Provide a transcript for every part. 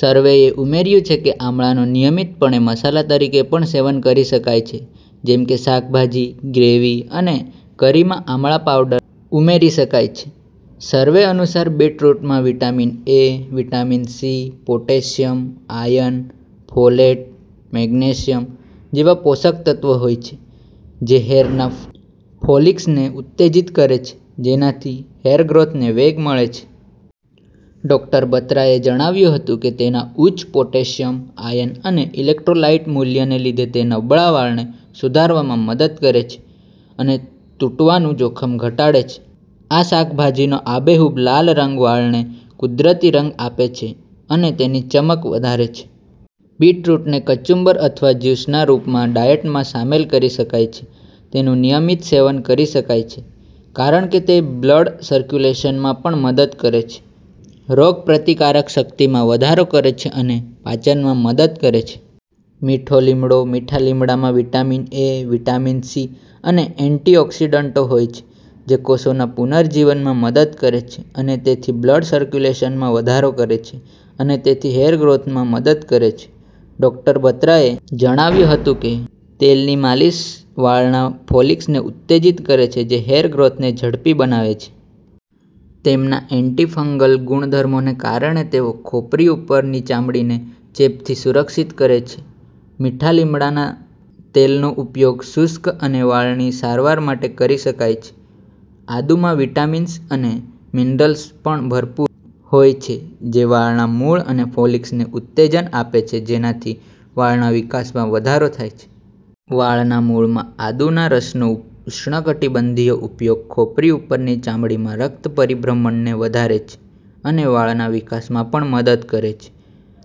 સર્વેએ ઉમેર્યું કે આમળાનું નિયમિતપણે મસાલા તરીકે પણ સેવન કરી શકાય છે જેમ કે શાકભાજી, ગ્રેવી અને કરીમાં આમળા પાવડર ઉમેરી શકાય છે. સર્વે અનુસાર, બીટરૂટમાં vitamin A, vitamin C, potassium, iron, folate, magnesium જેવા પોષક તત્વો હોય છે જે હેયરના ફોલિકલ્સને ઉત્તેજિત કરે છે જેનાથી હેયરગ્રોથને વેગ મળે છે. ડોક્ટર બત્રાએ જણાવ્યું હતું કે, તેના ઉચ્ચ પોટેશિયમ, આયર્ન અને ઇલેક્ટ્રોલાઇટ મૂલ્યને લીધે, તે નબળા વાળને સુધારવામાં મદદ કરે છે અને તૂટવાનું જોખમ ઘટાડે છે. આ શાકભાજીનો આબેહૂબ લાલ રંગ વાળને કુદરતી રંગ આપે છે અને તેની ચમક વધારે છે. બીટરૂટને કચુંબર અથવા જ્યુસના રૂપમાં ડાયટમાં સામેલ કરી શકાય છે. તેનું નિયમિત સેવન કરી શકાય છે કારણ કે તે બ્લડ સર્ક્યુલેશનમાં પણ મદદ કરે છે, રોગપ્રતિકારક શક્તિમાં વધારો કરે છે અને પાચનમાં મદદ કરે છે. મીઠો લીમડો, મીઠા લીમડામાં વિટામિન એ, વિટામિન સી અને એન્ટીઑકિસડન્ટો હોય છે જે કોષોના પુનર્જીવનમાં મદદ કરે છે અને તેથી બ્લડ સર્ક્યુલેશનમાં વધારો કરે છે અને તેથી હેયરગ્રોથમાં મદદ કરે છે. ડોક્ટર બત્રાએ જણાવ્યું હતું કે, " તેલની માલિશ વાળના ફોલિકલ્સને ઉત્તેજિત કરે છે, જે હેયરગ્રોથને ઝડપી બનાવે છે. તેમના એન્ટી-ફંગલ ગુણધર્મોને કારણે, તેઓ ખોપરી ઉપરની ચામડીને ચેપથી સુરક્ષિત કરે છે. મીઠા લીમડાના તેલનો ઉપયોગ શુષ્ક અને વાળની સારવાર માટે કરી શકાય છે. " આદુ માં વિટામિન્સ અને મિનરલ્સ પણ ભરપૂર હોય છે જે વાળના મૂળ અને ફોલિકલ્સને ઉત્તેજન આપે છે જેનાથી વાળના વિકાસમાં વધારો થાય છે. વાળના મૂળમાં આદુના રસનો ઉષ્ણકટિબંધીય ઉપયોગ ખોપરી ઉપરની ચામડીમાં રક્ત પરિભ્રમણને વધારે છે અને વાળના વિકાસમાં પણ મદદ કરે છે,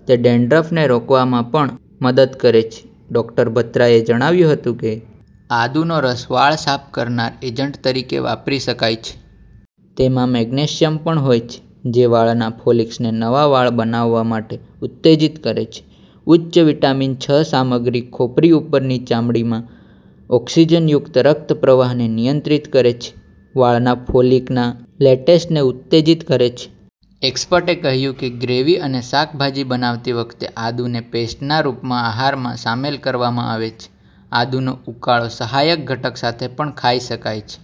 તે ડેન્ડ્રફને રોકવામાં પણ મદદ કરે છે. ડોક્ટર બત્રાએ જણાવ્યું હતું કે, "આદુનો રસ વાળ સાફ કરનાર એજન્ટ તરીકે વાપરી શકાય છે. તેમાં મેગ્નેશિયમ પણ હોય છે, જે વાળના ફોલિકલ્સને નવા વાળ બનાવવા માટે ઉત્તેજિત કરે છે. ઉચ્ચ વિટામિન છ સામગ્રી ખોપરી ઉપરની ચામડીમાં ઓક્સિજનયુક્ત રક્ત પ્રવાહને નિયંત્રિત કરે છે, વાળના ફોલિકલના લેટેસ્ટને ઉત્તેજિત કરે છે. " એક્સપર્ટએ કહ્યું કે, ગ્રેવી અને શાકભાજી બનાવતી વખતે આદુને પેસ્ટના રૂપમાં આહારમાં સામેલ કરવામાં આવે છે. આદુનો ઉકાળો સહાયક ઘટક સાથે પણ ખાઈ શકાય છે.